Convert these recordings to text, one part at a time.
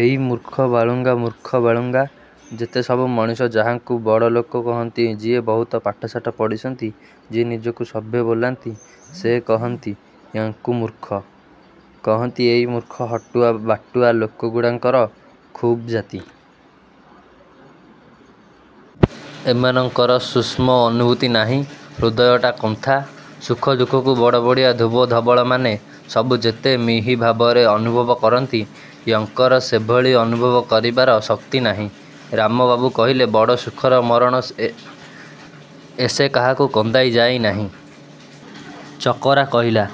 ଏଇ ମୂର୍ଖ ବାଳୁଙ୍ଗା ମୂର୍ଖ ବାଳୁଙ୍ଗା! ଯେତେ ସବୁ ମଣିଷ ଯାହାଙ୍କୁ ବଡ଼ ଲୋକ କହନ୍ତି ଯିଏ ବହୁତ ପାଠ ଶାଠ ପଢ଼ିଛନ୍ତି ଯିଏ ନିଜକୁ ସଭ୍ୟ ବୋଲାନ୍ତି ସେ କହନ୍ତି ୟାଙ୍କୁ ମୂର୍ଖ। କହନ୍ତି ଏଇ ମୂର୍ଖ ହଟୁଆ ବାଟୁଆ ଲୋକଗୁଡ଼ାଙ୍କର ଖୁବ୍ ଜାତି। ଏମାନଙ୍କର ସୂଷ୍ମ ଅନୁଭୂତି ନାହିଁ। ହୃଦୟଟା କନ୍ଥା। ସୁଖ ଦୁଃଖକୁ ବଡ଼ବଡ଼ିଆ ଧୋବ ଧବଳମାନେ ସବୁ ଯେତେ ମିହି ଭାବରେ ଅନୁଭବ କରନ୍ତି ୟେଙ୍କର ସେଭଳି ଅନୁଭବ କରିବାର ଶକ୍ତି ନାହିଁ। ରାମ ବାବୁ କହିଲେ ବଡ଼ ସୁଖର ମରଣ ସେ ଏସେ କାହାକୁ କନ୍ଦାଇ ଯାଇ ନାହିଁ। ଚକରା କହିଲା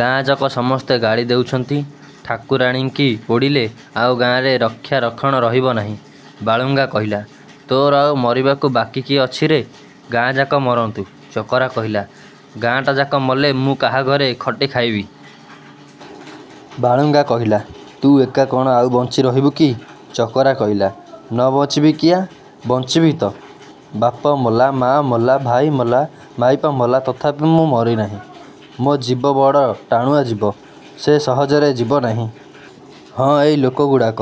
ଗାଁଯାକ ସମସ୍ତେ ଗାଳି ଦେଉଛନ୍ତି ଠାକୁରାଣୀଙ୍କି ପୋଡ଼ିଲେ ଆଉ ଗାଁରେ ରକ୍ଷା ରକ୍ଷଣ ରହିବ ନାହିଁ। ବାଳୁଙ୍ଗା କହିଲା ତୋର ଆଉ ମରିବାକୁ ବାକି କିଏ ଅଛିରେ? ଗାଁଯାକ ମରନ୍ତୁ! ଚକରା କହିଲା ଗାଁଟାଯାକ ମଲେ ମୁଁ କାହାଘରେ ଖଟି ଖାଇବି? ବାଳୁଙ୍ଗା କହିଲା ତୁ ଏକା କଣ ଆଉ ବଞ୍ଚି ରହିବୁ କି? ଚକରା କହିଲା ନ ବଞ୍ଚିବି କିଆଁ ବଞ୍ଚିଛି ତ! ବାପ ମଲା, ମା ମଲା, ଭାଇ ମଲା, ମାଇପ ମଲା, ତଥାପି ମୁଁ ମରି ନାହିଁ। ମୋ ଜୀବ ବଡ଼ ଟାଣୁଆ ଜୀବ, ସେ ସହଜରେ ଯିବ ନାହିଁ। ହଁ, ଏଇ ଲୋକଗୁଡ଼ାକ।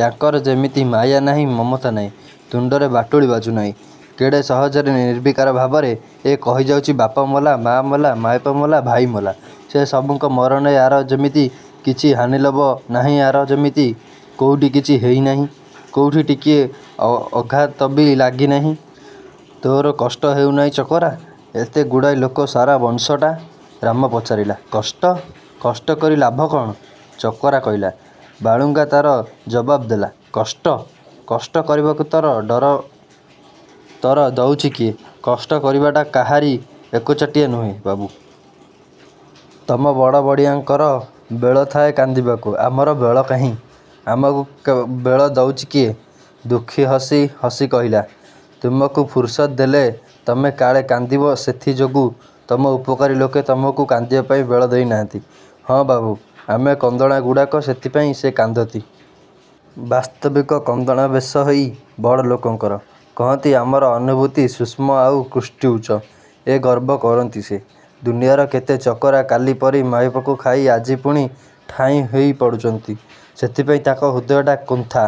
ୟାଙ୍କର ଯେମିତି ମାୟା ନାହିଁ ମମତା ନାହିଁ ତୁଣ୍ଡରେ ବାଟୁଳି ବାଜୁନାହିଁ କେଡ଼େ ସହଜରେ ନିର୍ବିକାର ଭାବରେ ଏ କହିଯାଉଚି ବାପମଲା, ମା ମଲା, ମାଇପ ମଲା, ଭାଇ ମଲା ସେ ସବୁଙ୍କ ମରଣରେ ୟାର ଯେମିତି କିଛି ହାନି ଲାଭ ନାହିଁୟାର ଯେମିତି କୋଉଠି କିଛି ହେଇ ନାହିଁ କୋଉଠି ଟିକିଏ ଅ ଅଘାତ ବି ଲାଗି ନାହିଁ। ତୋର କଷ୍ଟ ହଉ ନାହିଁ ଚକରା, ଏତେଗୁଡ଼ାଏ ଲୋକ ସାରା ବଂଶଟା? ରାମ ପଚାରିଲା। କଷ୍ଟ? କଷ୍ଟ କରି ଲାଭ କଣ? ଚକରା କହିଲା। ବାଳୁଙ୍ଗା ତାର ଜବାବ ଦେଲା କଷ୍ଟ? କଷ୍ଟ କରିବାକୁ ତର ଡର ତର ଦଉଚି କିଏ? କଷ୍ଟ କରିବାଟା କାହାରି ଏକଚାଟିଆ ନୁହେଁ ବାବୁ। ତମ ବଡ଼ବଡ଼ିଆମାନଙ୍କର ବେଳଥାଏ କାନ୍ଦିବାକୁ। ଆମର ବେଳ କାହିଁ? ଆମକୁ କେ ବେଳ ଦଉଚି କିଏ? ଦୁଃଖୀ ହସି ହସି କହିଲା ତୁମକୁ ଫୁରୁସତ୍ ଦେଲେ ତମେ କାଳେ କାନ୍ଦିବ ସେଥି ଯୋଗୁଁ ତମ ଉପକାରୀ ଲୋକେ ତମକୁ କାନ୍ଦିବା ପାଇଁ ବେଳ ଦିଅନ୍ତି ନାହିଁ। ହଁ ବାବୁ, ଆମ କାନ୍ଦଣାଗୁଡ଼ାକ ସେଥିପାଇଁ ସେ କାନ୍ଦନ୍ତି। ବାସ୍ତବିକ କନ୍ଦଣା ବେଶ ଏଇ ବଡ଼ଲୋକଙ୍କର। କହନ୍ତି, ଆମର ଅନୁଭୂତି ସୂଷ୍ମ ଆଉ କୁଷ୍ଟି ଉଚ୍ଚ। ଏ ଗର୍ବ କରନ୍ତି ସେ। ଦୁନିଆର କେତେ ଚକରା କାଲି ପରି ମାଇପକୁ ଖାଇ ଆଜି ପୁଣି ଠାଇଁ ହେଇ ପଡ଼ୁଚନ୍ତି। ସେଥିପାଇଁ ତାଙ୍କ ହୃଦୟଟା କୁନ୍ଥା।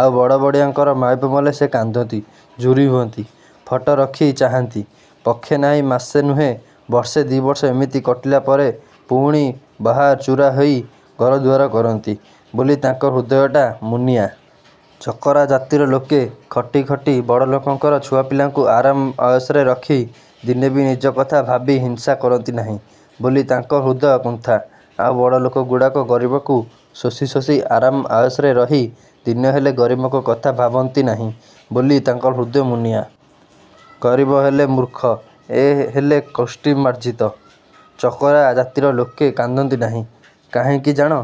ଆଉ ବଡ଼ବଡ଼ିଆଙ୍କର ମାଇପ ମଲେ ସେ କାନ୍ଦନ୍ତି, ଝୁରି ହୁଅନ୍ତି, ଫଟ ରଖି ଚାହାଁନ୍ତି, ପକ୍ଷେ ନାହିଁ ମାସେ ନୁହେଁ ବର୍ଷେ ଦି' ବର୍ଷ ଏମିତି କଟିଲା ପରେ ପୁଣି ବାହାଚୁରା ହେଇ ଘରଦୁଆର କରନ୍ତି ବୋଲି ତାଙ୍କ ହୃଦୟଟା ମୁନିଆ। ଚକରା ଜାତିର ଲୋକେ ଖଟି ଖଟି ବଡ଼ଲୋକଙ୍କର ଛୁଆପିଲାଙ୍କୁ ଆରାମ ଅୟସରେ ରଖି ଦିନେବି ନିଜ କଥା ଭାବି ହିଂସା କରନ୍ତି ନାହିଁ ବୋଲି ତାଙ୍କ ହୃଦ୍ କୁନ୍ଥା, ଆଉ ବଡ଼ଲୋକଗୁଡ଼ାକ ଗରିବଙ୍କୁ ଶୋଷି ଶୋଷି ଆରାମ ଆୟସରେ ରହି ଦିନେହେଲେ ଗରିବଙ୍କ କଥା ଭାବନ୍ତି ନାହିଁ ବୋଲି ତାଙ୍କ ହୃଦ୍ ମୁନିଆ। ଗରିବ ହେଲେ ମୂର୍ଖ, ଏ ହେଲେ କୋଷ୍ଟି ମାର୍ଜିତ! ଚକରା ଜାତିର ଲୋକେ କାନ୍ଦନ୍ତି ନାହିଁ। କାହିଁକି ଜାଣ?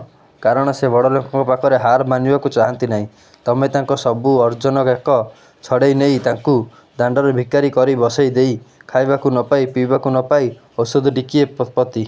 କାରଣ ସେ ବଡ଼ଲୋକଙ୍କ ପାଖରେ ହାର ମାନିବାକୁ ଚାହାଁନ୍ତି ନାହିଁ। ତମେ ତାଙ୍କ ସବୁ ଅର୍ଜନଗାକ ଛଡ଼େଇ ନେଇ ତାଙ୍କୁ ଦାଣ୍ଡର ଭିକାରି କରି ବସେଇ ଦେଇ ଖାଇବାକୁ ନପାଇ, ପିଇବାକୁ ନପାଇ, ଓଷଦ ଟିକିଏ ପ ପତି